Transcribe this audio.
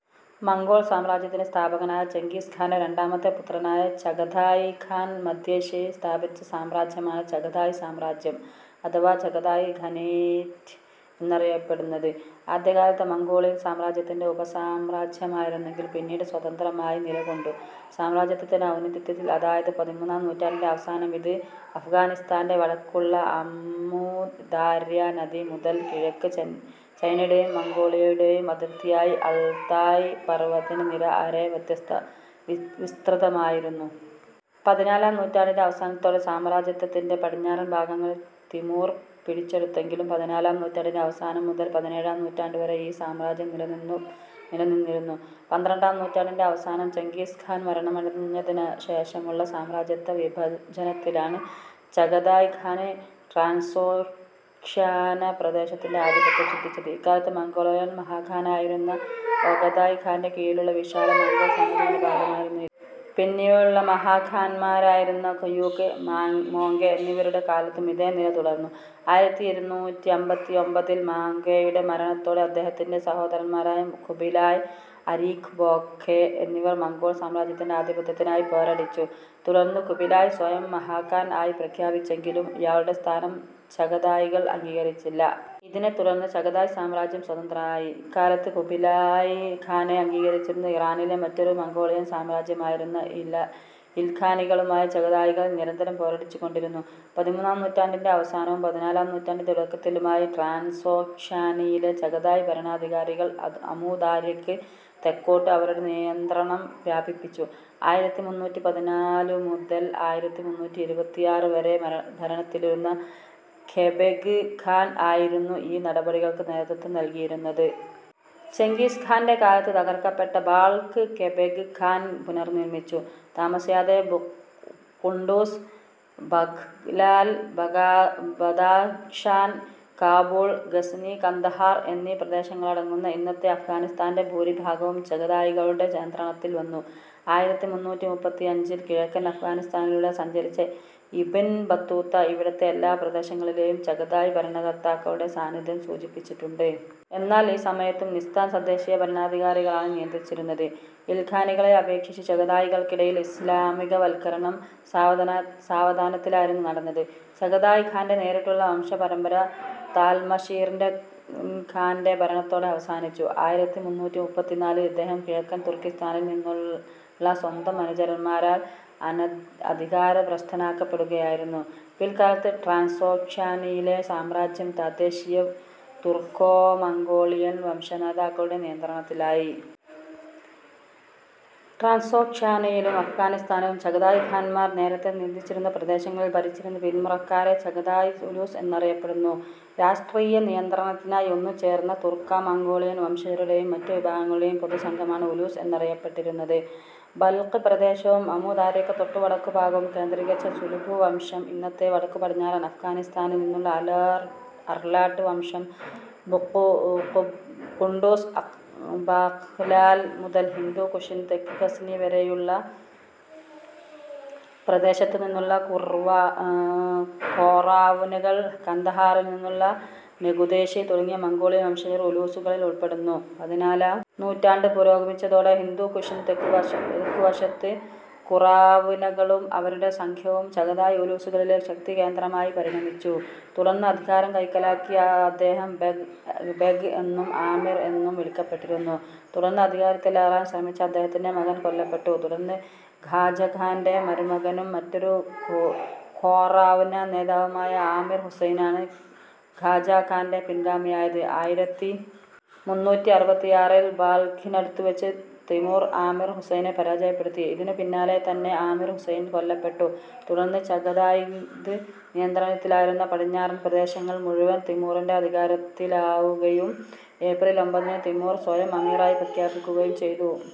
Mongol സാമ്രാജ്യത്തിൻ്റെ സ്ഥാപകനായ Genghis ഖാൻ്റെ രണ്ടാമത്തെ പുത്രനായ ചഗതായ് ഖാൻ മധ്യേഷ്യയിൽ സ്ഥാപിച്ച സാമ്രാജ്യമാണ് ചഗതായ് സാമ്രാജ്യം അഥവാ ചഗതായ് ഖാനേറ്റ് എന്നറിയപ്പെടുന്നത്. ആദ്യകാലത്ത് മംഗോളിയൻ സാമ്രാജ്യത്തിൻ്റെ ഉപസാമ്രാജ്യമായിരുന്നെങ്കിലും പിന്നീട് സ്വതന്ത്രമായി നിലകൊണ്ടു. സാമ്രാജ്യത്തിൻ്റെ ഔന്നത്യത്തിൽ അതായത് പതിമൂന്നാം നൂറ്റാണ്ടിൻ്റെ അവസാനം ഇത് അഫ്ഗാനിസ്താൻ്റെ വടക്കുള്ള അമു ദാര്യ നദി മുതൽ കിഴക്ക് ചൈനയുടെയും മംഗോളിയയുടെയും അതിർത്തിയായ അൾതായ് പർവതനിര വരെ വിസ്തൃതമായിരുന്നു. പതിനാലാം നൂറ്റാണ്ടിൻ്റെ അവസാനത്തോടെ സാമ്രാജ്യത്തിൻ്റെ പടിഞ്ഞാറൻ ഭാഗങ്ങൾ തിമൂർ പിടിച്ചെടുത്തെങ്കിലും പതിനാലാം നൂറ്റാണ്ടിൻ്റെ അവസാനം മുതൽ പതിനേഴാം നൂറ്റാണ്ടുവരെ ഈ സാമ്രാജ്യം നിലനിന്നിരുന്നു. പന്ത്രണ്ടാം നൂറ്റാണ്ടിൻ്റെ അവസാനം ചെങ്കിസ് ഖാൻ മരണമടഞ്ഞതിനുശേഷമുള്ള സാമ്രാജ്യവിഭജനത്തിലാണ് ചഗതായ് ഖാന് ട്രാൻസോക്ഷ്യാന പ്രദേശത്തിൻ്റെ ആധിപത്യം സിദ്ധിച്ചത്. ഇക്കാലത്ത് മംഗോളിയൻ മഹാഖാനായിരുന്ന ഒഗതായ് ഖാൻ്റെ കീഴിലുള്ള വിശാല മംഗോൾ സാമ്രാജ്യത്തിൻ്റെ ഭാഗമായിരുന്നു ഇത്. പിന്നീടുള്ള മഹാഖാന്മാരായിരുന്ന ഗൂയൂക്ക്, മോങ്കെ എന്നിവരുടെ കാലത്തും ഇതേ നില തുടർന്നു. ആയിരത്തി ഇരുന്നൂറ്റി അമ്പത്തിയൊമ്പതിൽ മോങ്കെയുടെ മരണത്തോടെ അദ്ദേഹത്തിൻ്റെ സഹോദരന്മാരായ ഖുബിലായ്, അരീഖ് ബോഖെ എന്നിവർ മംഗോൾ സാമ്രാജ്യത്തിൻ്റെ ആധിപത്യത്തിനായി പോരടിച്ചു. തുടർന്ന് ഖുബിലായ് സ്വയം മഹാഖാൻ ആയി പ്രഖ്യാപിച്ചെങ്കിലും ഇയാളുടെ സ്ഥാനം ചഗതായികൾ അംഗീകരിച്ചില്ല. ഇതിനെത്തുടർന്ന് ചഗതായ് സാമ്രാജ്യം സ്വതന്ത്രമായി. ഇക്കാലത്ത് ഖുബിലായ് ഖാനെ അംഗീകരിച്ചിരുന്ന ഇറാനിലെ മറ്റൊരു മംഗോളിയൻ സാമ്രാജ്യമായിരുന്ന ഇൽഖാനികളുമായി ചഗതായികൾ നിരന്തരം പോരടിച്ചുകൊണ്ടിരുന്നു. പതിമൂന്നാം നൂറ്റാണ്ടിൻ്റെ അവസാനവും പതിനാലാം നൂറ്റാണ്ടിൻ്റെ തുടക്കത്തിലുമായി ട്രാൻസോക്ഷ്യാനയിലെ ചഗതായ് ഭരണാധികാരികൾ അമു ദാര്യക്ക് തെക്കോട്ട് അവരുടെ നിയന്ത്രണം വ്യാപിപ്പിച്ചു. ആയിരത്തി മൂന്നൂറ്റി പതിനാലു മുതൽ ആയിരത്തി മൂന്നൂറ്റി ഇരുപത്തിയാറ് വരെ ഭരണത്തിലിരുന്ന കെബെഗ് ഖാൻ ആയിരുന്നു ഈ നടപടികൾക്ക് നേതൃത്വം നൽകിയിരുന്നത്. ചെങ്കിസ് ഖാൻ്റെ കാലത്ത് തകർക്കപ്പെട്ട ബാൾഖ് കെബെഗ് ഖാൻ പുനർനിർമ്മിച്ചു. താമസിയാതെ ഖുണ്ടുസ്, ബാഘ്ലാൻ, ബദാഖ്ശാൻ, കാബൂൾ, ഗസ്നി, കന്ദഹാർ എന്നീ പ്രദേശങ്ങളടങ്ങുന്ന ഇന്നത്തെ അഫ്ഗാനിസ്താൻ്റെ ഭൂരിഭാഗവും ചഗതായികളുടെ നിയന്ത്രണത്തിൽ വന്നു. ആയിരത്തി മുന്നൂറ്റി മുപ്പത്തിയഞ്ചിൽ കിഴക്കൻ അഫ്ഗാനിസ്താനിലൂടെ സഞ്ചരിച്ച ഇബ്ൻ ബത്തൂത്ത ഇവിടത്തെ എല്ലാ പ്രദേശങ്ങളിലെയും ചഗതായ് ഭരണകർത്താക്കളുടെ സാന്നിധ്യം സൂചിപ്പിച്ചിട്ടുണ്ട്. എന്നാൽ ഈ സമയത്തും സിസ്താൻ തദ്ദേശീയ ഭരണാധികാരികളാണ് നിയന്ത്രിച്ചിരുന്നത്. ഇൽഖാനികളെ അപേക്ഷിച്ച് ചഗതായികൾക്കിടയിൽ ഇസ്ലാമികവൽക്കരണം സാവധാനത്തിലായിരുന്നു നടന്നത്. ചഗതായ് ഖാൻ്റെ നേരിട്ടുള്ള വംശപരമ്പര താർമാഷിറിൻ ഖാൻ്റെ ഭരണത്തോടെ അവസാനിച്ചു. ആയിരത്തി മുന്നൂറ്റി മുപ്പത്തിനാലിൽ ഇദ്ദേഹം കിഴക്കൻ തുർക്കിസ്താനിൽ നിന്നുള്ള സ്വന്തം അനുചരന്മാരാൽ അധികാരഭ്രഷ്ടനാക്കപ്പെടുകയായിരുന്നു. പിൽക്കാലത്ത് ട്രാൻസോക്ഷ്യാനയിലെ സാമ്രാജ്യം തദ്ദേശീയ തുർക്കോമംഗോളിയൻ വംശനേതാക്കളുടെ നിയന്ത്രണത്തിലായി. ട്രാൻസോക്ഷ്യാനയിലും അഫ്ഗാനിസ്താനിലും ചഗതായ് ഖാന്മാർ നേരത്തേ നിയന്ത്രിച്ചിരുന്ന പ്രദേശങ്ങളിൽ ഭരിച്ചിരുന്ന പിന്മുറക്കാരെ ചഗതായ് ഉലുസ് എന്ന് അറിയപ്പെടുന്നു. രാഷ്ട്രീയ നിയന്ത്രണത്തിനായി ഒന്നുചേർന്ന തുർക്കോമംഗോളിയൻ വംശജരുടെയും മറ്റുവിഭാഗങ്ങളുടെയും പൊതുസംഘമാണ് ഉലുസ് എന്നറിയപ്പെട്ടിരുന്നത്. ബൽഖ് പ്രദേശവും അമു ദാര്യക്ക് തൊട്ടു വടക്കുഭാഗവും കേന്ദ്രീകരിച്ച സുലുഭു വംശം, ഇന്നത്തെ വടക്കുപടിഞ്ഞാറൻ അഫ്ഗാനിസ്താനിൽ നിന്നുള്ള അർലാട്ട് വംശം, ഖുണ്ടുസ്, ബാഘ്ലാൻ മുതൽ ഹിന്ദുകുഷിന് തെക്ക് ഗസ്നി വരെയുള്ള പ്രദേശത്തുനിന്നുള്ള ഖ്വാറാവ്നകൾ, കന്ദഹാറിൽ നിന്നുള്ള നെഗുദേരി തുടങ്ങിയ മംഗോളിയൻ വംശജർ ഉലുസുകളിൽ ഉൾപ്പെടുന്നു. പതിനാലാം നൂറ്റാണ്ട് പുരോഗമിച്ചതോടെ ഹിന്ദുകുഷിന് തെക്കുവശത്ത് ഖ്വാറാവ്നകളും അവരുടെ സഖ്യവും ചഗതായ് ഉലുസുകളിലെ ശക്തികേന്ദ്രമായി പരിണമിച്ചു. തുടർന്ന് അധികാരം കൈക്കലാക്കിയ അദ്ദേഹം ബെഗ് എന്നും ആമിർ എന്നും വിളിക്കപ്പെട്ടിരുന്നു. തുടർന്ന് അധികാരത്തിലേറാൻ ശ്രമിച്ച അദ്ദേഹത്തിൻ്റെ മകൻ കൊല്ലപ്പെട്ടു. തുടർന്ന് ഖാജാഘാൻ്റെ മരുമകനും മറ്റൊരു ഖ്വാറാവ്ന നേതാവുമായ ആമിർ ഹുസൈനാണ് ഖാജാഘാൻ്റെ പിൻഗാമിയായത്. ആയിരത്തി മുന്നൂറ്റി അറുപത്തിയാറിൽ ബാൾഖിനടുത്തുവച്ച് തിമൂർ ആമിർ ഹുസൈനെ പരാജയപ്പെടുത്തി. ഇതിനു പിന്നാലെ തന്നെ ആമിർ ഹുസൈൻ കൊല്ലപ്പെട്ടു. തുടർന്ന് ചഗതായിദ് നിയന്ത്രണത്തിലായിരുന്ന പടിഞ്ഞാറൻ പ്രദേശങ്ങൾ മുഴുവൻ തിമൂറിൻ്റെ അധീനതയിലാകുകയും ഏപ്രിൽ ഒമ്പതിന് തിമൂർ സ്വയം അമീറായി പ്രഖ്യാപിക്കുകയും ചെയ്തു.